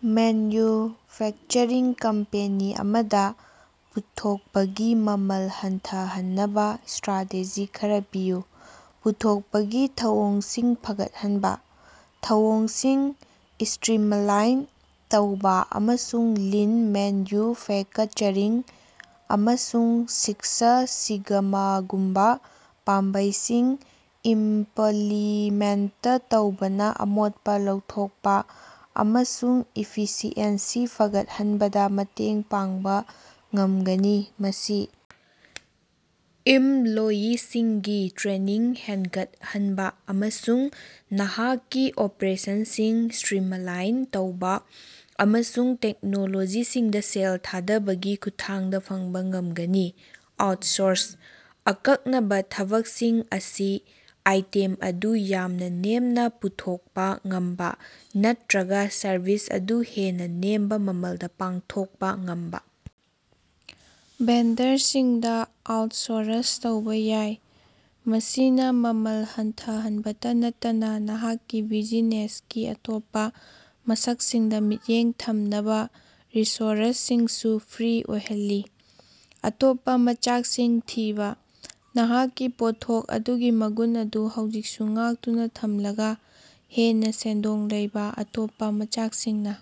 Manufacturing company ꯑꯃꯗ ꯄꯨꯊꯣꯛꯄꯒꯤ ꯃꯃꯜ ꯍꯟꯊꯍꯟꯅꯕ ꯁ꯭ꯇꯔꯥꯇꯦꯖꯤ ꯈꯔ ꯄꯤꯌꯨ꯫ ꯄꯨꯊꯣꯛꯄꯒꯤ ꯊꯧꯑꯣꯡꯁꯤꯡ ꯐꯒꯠꯍꯟꯕ: ꯊꯧꯑꯣꯡꯁꯤꯡ ꯁ꯭ꯇꯔꯤꯃꯂꯥꯏꯟ ꯇꯧꯕ ꯑꯃꯁꯨꯡ ꯂꯤꯟ ꯃꯦꯟꯌꯨꯐꯦꯀꯆꯔꯤꯡ ꯑꯃꯁꯨꯡ ꯁꯤꯛꯁ ꯁꯤꯒꯃꯥꯒꯨꯝꯕꯥ ꯄꯥꯝꯕꯩꯁꯤꯡ ꯏꯝꯞꯂꯤꯃꯦꯟꯇ ꯇꯧꯕꯅ ꯑꯃꯣꯠꯄ ꯂꯧꯊꯣꯛꯄ ꯑꯃꯁꯨꯡ ꯏꯐꯤꯁꯤꯑꯦꯟꯁꯤ ꯐꯒꯠꯍꯟꯕꯗ ꯃꯇꯦꯡ ꯄꯥꯡꯕ ꯉꯝꯒꯅꯤ꯫ ꯃꯁꯤ ꯏꯝꯞꯂꯣꯌꯤꯁꯤꯡꯒꯤ ꯇ꯭ꯔꯦꯅꯤꯡ ꯍꯦꯟꯒꯠꯍꯟꯕ ꯑꯃꯁꯨꯡ ꯅꯍꯥꯛꯀꯤ ꯑꯣꯄꯔꯦꯁꯟꯁꯤꯡ ꯁ꯭ꯇ꯭ꯔꯤꯃꯂꯥꯏꯟ ꯇꯧꯕ ꯑꯃꯁꯨꯡ ꯇꯦꯛꯅꯣꯂꯣꯖꯤꯁꯤꯡꯗ ꯁꯦꯜ ꯊꯥꯗꯕꯒꯤ ꯈꯨꯠꯊꯥꯡꯗ ꯐꯪꯕ ꯉꯝꯒꯅꯤ꯫ ꯑꯥꯎꯠꯁꯣꯔꯁ: ꯑꯀꯛꯅꯕ ꯊꯕꯛꯁꯤꯡ ꯑꯁꯤ ꯑꯥꯏꯇꯦꯝ ꯑꯗꯨ ꯌꯥꯝꯅ ꯅꯦꯝꯅ ꯄꯨꯊꯣꯛꯄ ꯉꯝꯕ ꯅꯠꯇ꯭ꯔꯒ ꯁꯔꯚꯤꯁ ꯑꯗꯨ ꯍꯦꯟꯅ ꯅꯦꯝꯕ ꯃꯃꯜꯗ ꯄꯥꯡꯊꯣꯛꯄ ꯉꯝꯕ ꯚꯦꯟꯗꯔꯁꯤꯡꯗ ꯑꯥꯎꯠꯁꯣꯔꯁ ꯇꯧꯕ ꯌꯥꯏ꯫ ꯃꯁꯤꯅ ꯃꯃꯜ ꯍꯟꯊꯍꯟꯕꯇ ꯅꯠꯇꯅ ꯅꯍꯥꯛꯀꯤ ꯕꯤꯖꯤꯅꯦꯁꯀꯤ ꯑꯇꯣꯞꯄ ꯃꯁꯛꯁꯤꯡꯗ ꯃꯤꯠꯌꯦꯡ ꯊꯝꯅꯕ ꯔꯤꯁꯣꯔꯁꯁꯤꯡꯁꯨ ꯐ꯭ꯔꯤ ꯑꯣꯏꯍꯜꯂꯤ꯫ ꯑꯇꯣꯞꯄ ꯃꯆꯥꯛꯁꯤꯡ ꯊꯤꯕ: ꯅꯍꯥꯛꯀꯤ ꯄꯣꯠꯊꯣꯛ ꯑꯗꯨꯒꯤ ꯃꯒꯨꯟ ꯑꯗꯨ ꯍꯧꯖꯤꯛꯁꯨ ꯉꯥꯛꯇꯨꯅ ꯊꯝꯂꯒ ꯍꯦꯟꯅ ꯁꯦꯟꯗꯣꯡ ꯂꯩꯕ ꯑꯇꯣꯞꯄ ꯃꯆꯥꯛꯁꯤꯡꯅ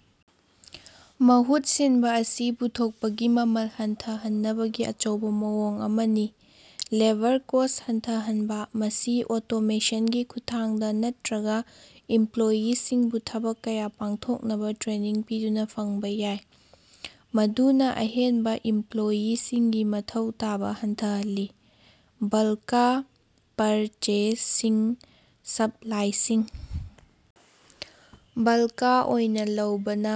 ꯃꯍꯨꯠ ꯁꯤꯟꯕ ꯑꯁꯤ ꯄꯨꯊꯣꯛꯄꯒꯤ ꯃꯃꯜ ꯍꯟꯊꯍꯟꯅꯕꯒꯤ ꯑꯆꯧꯕ ꯃꯑꯣꯡ ꯑꯃꯅꯤ꯫ ꯂꯦꯕꯔ ꯀꯣꯁ꯭ꯠ ꯍꯟꯊꯍꯟꯕ ꯃꯁꯤ ꯑꯣꯇꯣꯃꯦꯁꯟꯒꯤ ꯈꯨꯠꯊꯥꯡꯗ ꯅꯠꯇ꯭ꯔꯒ ꯏꯝꯄꯂꯣꯌꯤꯁꯤꯡꯕꯨ ꯊꯕꯛ ꯀꯌꯥ ꯄꯥꯡꯊꯣꯛꯅꯕ ꯇ꯭ꯔꯦꯅꯤꯡ ꯄꯤꯗꯨꯅ ꯐꯪꯕ ꯌꯥꯏ꯫ ꯃꯗꯨꯅ ꯑꯍꯦꯟꯕ ꯏꯝꯄꯂꯣꯌꯤꯁꯤꯡꯒꯤ ꯃꯊꯧ ꯇꯥꯕ ꯍꯟꯊꯍꯜꯂꯤ꯫ ꯕꯜꯀ ꯄꯔꯆꯦꯖꯁꯤꯡ ꯁꯞꯂꯥꯏꯁꯤꯡ ꯕꯜꯀ ꯑꯣꯏꯅ ꯂꯧꯕꯅ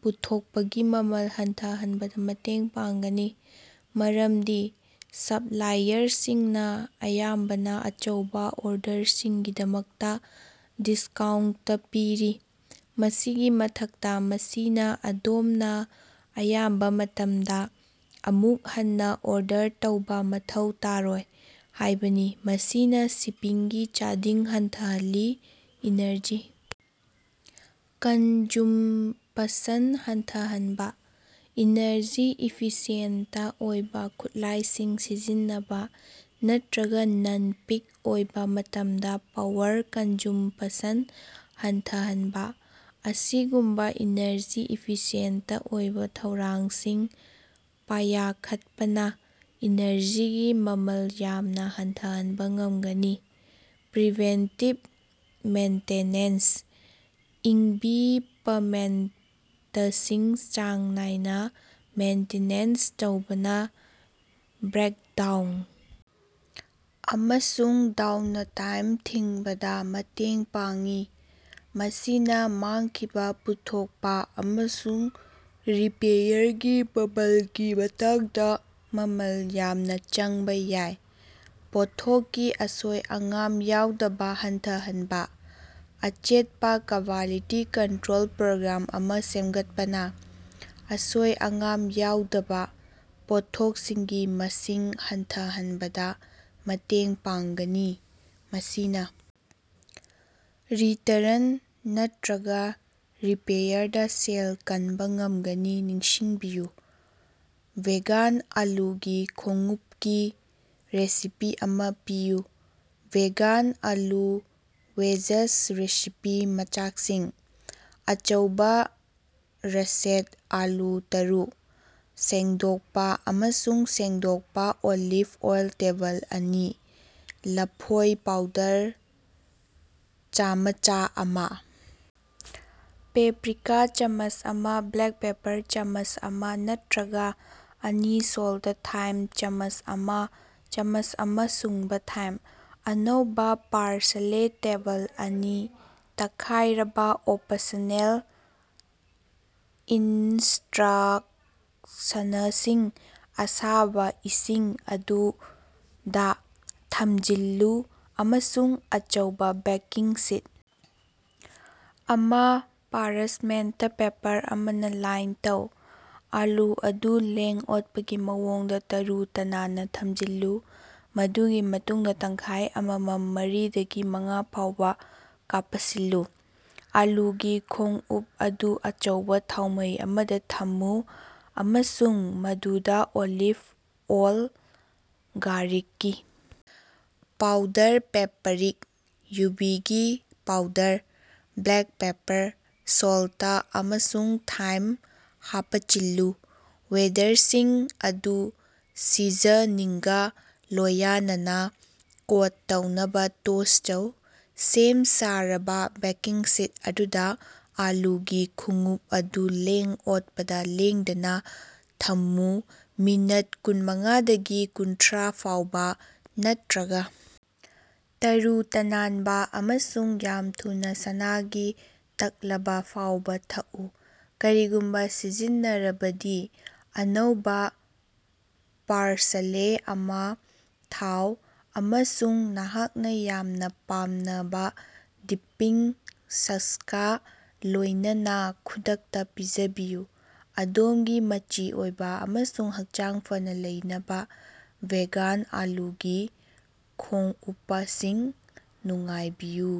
ꯄꯨꯊꯣꯛꯄꯒꯤ ꯃꯃꯜ ꯍꯟꯊꯍꯟꯕꯗ ꯃꯇꯦꯡ ꯄꯥꯡꯒꯅꯤ꯫ ꯃꯔꯝꯗꯤ ꯁꯞꯂꯥꯏꯌꯔꯁꯤꯡꯅ ꯑꯌꯥꯝꯕꯅ ꯑꯆꯧꯕ ꯑꯣꯔꯗꯔꯁꯤꯡꯒꯤꯗꯃꯛꯇ ꯗꯤꯁꯀꯥꯎꯟꯇ ꯄꯤꯔꯤ꯫ ꯃꯁꯤꯒꯤ ꯃꯊꯛꯇ ꯃꯁꯤꯅ ꯑꯗꯣꯝꯅ ꯑꯌꯥꯝꯕ ꯃꯇꯝꯗ ꯑꯃꯨꯛ ꯍꯟꯅ ꯑꯣꯔꯗꯔ ꯇꯧꯕ ꯃꯊꯧ ꯇꯥꯔꯣꯏ ꯍꯥꯏꯕꯅꯤ ꯃꯁꯤꯅꯥ ꯁꯤꯄꯤꯡꯒꯤ ꯆꯥꯗꯤꯡ ꯍꯟꯊꯍꯜꯂꯤ꯫ ꯏꯅꯔꯖꯤ ꯀꯟꯖꯨꯝꯄꯁꯟ ꯍꯟꯊꯍꯟꯕ: ꯏꯅꯔꯖꯤ ꯏꯐꯤꯁꯤꯌꯦꯟꯇ ꯑꯣꯏꯕ ꯈꯨꯠꯂꯥꯏꯁꯤꯡ ꯁꯤꯖꯤꯟꯅꯕ ꯅꯠꯇ꯭ꯔꯒ ꯅꯟ-ꯄꯤꯛ ꯑꯣꯏꯕ ꯃꯇꯝꯗ ꯄꯥꯋꯔ ꯀꯟꯖꯨꯝꯄꯁꯟ ꯍꯟꯊꯍꯟꯕ ꯑꯁꯤꯒꯨꯝꯕ ꯏꯅꯔꯖꯤ ꯏꯐꯤꯁꯤꯌꯦꯟꯇ ꯑꯣꯏꯕꯥ ꯊꯧꯔꯥꯡꯁꯤꯡ ꯄꯥꯌꯈꯠꯄꯅꯥ ꯏꯅꯔꯖꯤꯒꯤ ꯃꯃꯜ ꯌꯥꯝꯅ ꯍꯟꯊꯍꯟꯕ ꯉꯝꯒꯅꯤ꯫ ꯄ꯭ꯔꯤꯚꯦꯟꯇꯤꯕ ꯃꯦꯟꯇꯦꯅꯦꯟꯁ: ꯏꯪꯕꯤꯄꯃꯦꯟꯇꯁꯤꯡ ꯆꯥꯡ ꯅꯥꯏꯅ ꯃꯦꯟꯇꯤꯅꯦꯟꯁ ꯇꯧꯕꯅ ꯕ꯭ꯔꯦꯛꯗꯥꯎꯟ ꯑꯃꯁꯨꯡ ꯗꯥꯎꯅꯇꯥꯏꯝ ꯊꯤꯡꯕꯗ ꯃꯇꯦꯡ ꯄꯥꯡꯏ꯫ ꯃꯁꯤꯅ ꯃꯥꯡꯈꯤꯕ ꯄꯨꯊꯣꯛꯄ ꯑꯃꯁꯨꯡ ꯔꯤꯄꯦꯌꯔꯒꯤ ꯃꯃꯜꯒꯤ ꯃꯇꯥꯡꯗ ꯃꯃꯜ ꯌꯥꯝꯅ ꯆꯪꯕ ꯌꯥꯏ꯫ꯄꯣꯠꯊꯣꯛꯀꯤ ꯑꯁꯣꯏ-ꯑꯉꯥꯝ ꯌꯥꯎꯗꯕ ꯍꯟꯊꯍꯟꯕ: ꯑꯆꯦꯠꯄ ꯀ꯭ꯕꯥꯂꯤꯇꯤ ꯀꯟꯇ꯭ꯔꯣꯜ ꯄ꯭ꯔꯣꯒ꯭ꯔꯥꯝ ꯑꯃ ꯁꯦꯝꯒꯠꯄꯅ ꯑꯁꯣꯏ-ꯑꯉꯥꯝ ꯌꯥꯎꯗꯕ ꯄꯣꯠꯊꯣꯛꯁꯤꯡꯒꯤ ꯃꯁꯤꯡ ꯍꯟꯊꯍꯟꯕꯗ ꯃꯇꯦꯡ ꯄꯥꯡꯒꯅꯤ꯫ ꯃꯁꯤꯅ ꯔꯤꯇꯔꯟ ꯅꯠꯇ꯭ꯔꯒ ꯔꯤꯄꯦꯌꯔꯗ ꯁꯦꯜ ꯀꯟꯕ ꯉꯝꯒꯅꯤ ꯅꯤꯡꯁꯤꯡꯕꯤꯌꯨ꯫ ꯚꯦꯒꯥꯟ ꯑꯥꯂꯨꯒꯤ ꯈꯣꯡꯎꯄꯀꯤ ꯔꯦꯁꯤꯄꯤ ꯑꯃꯥ ꯄꯤꯌꯨ꯫ ꯚꯦꯒꯥꯟ ꯑꯥꯂꯨ ꯋꯦꯖꯁ ꯔꯦꯁꯤꯄꯤ ꯃꯆꯥꯛꯁꯤꯡ: ꯑꯆꯧꯕ ꯔꯁꯦꯠ ꯑꯥꯂꯨ ꯇꯔꯨꯛ, ꯁꯦꯡꯗꯣꯛꯄ ꯑꯃꯁꯨꯡ ꯁꯦꯡꯗꯣꯛꯄ ꯑꯣꯂꯤꯚ ꯑꯣꯏꯜ ꯇꯦꯕꯜ ꯑꯅꯤ ꯂꯐꯣꯏ ꯄꯥꯎꯗꯔ ꯆꯥꯃꯆ ꯑꯃ ꯄꯦꯄ꯭ꯔꯤꯀꯥ ꯆꯥꯃꯆ ꯑꯃ ꯕ꯭ꯂꯦꯛ ꯄꯦꯄꯔ ꯆꯥꯃꯆ ꯑꯃ ꯅꯠꯇ꯭ꯔꯒ ꯑꯅꯤ ꯁꯣꯜꯇ ꯊꯥꯏꯝ ꯆꯃꯆ ꯑꯃ ꯆꯥꯃꯆ ꯑꯃ ꯁꯨꯡꯕ ꯊꯥꯏꯝ꯫ -ꯑꯅꯧꯕ ꯄꯥꯔꯁꯂꯦ ꯇꯦꯕꯜ ꯑꯅꯤ ꯇꯛꯈꯥꯏꯔꯕ (ꯑꯣꯄꯁꯅꯦꯜ) ꯏꯅꯁ꯭ꯇꯔꯛꯁꯅꯁꯤꯡ: ꯑꯁꯥꯕꯥ ꯏꯁꯤꯡ ꯑꯗꯨ ꯗꯥ ꯊꯝꯖꯤꯜꯂꯨ ꯑꯃꯁꯨꯡ ꯑꯆꯧꯕ ꯕꯦꯀꯤꯡ ꯁꯤꯠ ꯑꯃ ꯄꯥꯔꯆꯃꯦꯟꯇ ꯄꯦꯄꯔ ꯑꯃꯅ ꯂꯥꯏꯟ ꯇꯧ꯫ ꯑꯥꯂꯨ ꯑꯗꯨ ꯂꯦꯡ-ꯑꯣꯠꯄꯒꯤ ꯃꯑꯣꯡꯗ ꯇꯔꯨ-ꯇꯅꯥꯟꯅ ꯊꯝꯖꯤꯜꯂꯨ꯫ ꯃꯗꯨꯒꯤ ꯃꯇꯨꯡꯗ ꯇꯪꯈꯥꯏ ꯑꯃꯃꯝ ꯃꯔꯤ ꯗꯒꯤ ꯃꯉꯥ ꯐꯥꯎꯕ ꯀꯥꯄꯁꯤꯜꯂꯨ꯫ ꯑꯥꯂꯨꯒꯤ ꯈꯣꯡꯎꯞ ꯑꯗꯨ ꯑꯆꯧꯕ ꯊꯥꯎꯃꯩ ꯑꯃꯗ ꯊꯝꯃꯨ ꯑꯃꯁꯨꯡ ꯃꯗꯨꯗ ꯑꯣꯂꯤꯚ ꯑꯣꯜ, ꯒꯥꯔꯤꯛꯀꯤ ꯄꯥꯎꯗꯔ, ꯄꯦꯄꯔꯤꯛ, ꯌꯨꯕꯤꯒꯤ ꯄꯥꯎꯗꯔ, ꯕ꯭ꯂꯦꯛ ꯄꯦꯄꯔ, ꯁꯣꯜꯇ ꯑꯃꯁꯨꯡ ꯊꯥꯏꯝ ꯍꯥꯄꯆꯤꯜꯂꯨ꯫ ꯋꯦꯗꯔꯁꯤꯡ ꯑꯗꯨ ꯁꯤꯖꯅꯤꯡꯒꯥ ꯂꯣꯌꯅꯅꯥ ꯀꯣꯠ ꯇꯧꯅꯕꯥ ꯇꯣꯁ ꯇꯧ꯫ ꯁꯦꯝ-ꯁꯥꯔꯕꯥ ꯕꯦꯀꯤꯡ ꯁꯤꯠ ꯑꯗꯨꯗꯥ ꯑꯥꯂꯨꯒꯤ ꯈꯣꯡꯎꯞ ꯑꯗꯨ ꯂꯦꯡ-ꯑꯣꯠꯄꯗ ꯂꯦꯡꯗꯅꯥ ꯊꯝꯃꯨ꯫ ꯃꯤꯅꯠ ꯀꯨꯟꯃꯉꯥꯗꯒꯤ ꯀꯨꯟꯊ꯭ꯔꯥ ꯐꯥꯎꯕ ꯅꯠꯇ꯭ꯔꯒ ꯇꯔꯨ-ꯇꯅꯥꯟꯕ ꯑꯃꯁꯨꯡ ꯌꯥꯝꯅ ꯊꯨꯅ ꯁꯅꯥꯒꯤ ꯇꯛꯂꯕ ꯐꯥꯎꯕꯥ ꯊꯛꯎ꯫ ꯀꯔꯤꯒꯨꯝꯕ ꯁꯤꯖꯤꯟꯅꯔꯕꯗꯤ, ꯑꯅꯧꯕ ꯄꯥꯔꯁꯂꯦ ꯑꯃ ꯊꯥꯎ, ꯑꯃꯁꯨꯡ ꯅꯍꯥꯛꯅꯥ ꯌꯥꯝꯅꯥ ꯄꯥꯝꯅꯕ ꯗꯤꯞꯄꯤꯡ ꯁꯁꯀꯥ ꯂꯣꯏꯅꯅ ꯈꯨꯗꯛꯇ ꯄꯤꯖꯕꯤꯌꯨ꯫ ꯑꯗꯣꯝꯒꯤ ꯃꯆꯤ ꯑꯣꯏꯕ ꯑꯃꯁꯨꯡ ꯍꯛꯆꯥꯡ ꯐꯅ ꯂꯩꯅꯕ ꯚꯦꯒꯥꯟ ꯑꯥꯂꯨꯒꯤ ꯈꯣꯡꯎꯄꯁꯤꯡ ꯅꯨꯡꯉꯥꯏꯕꯤꯌꯨ꯫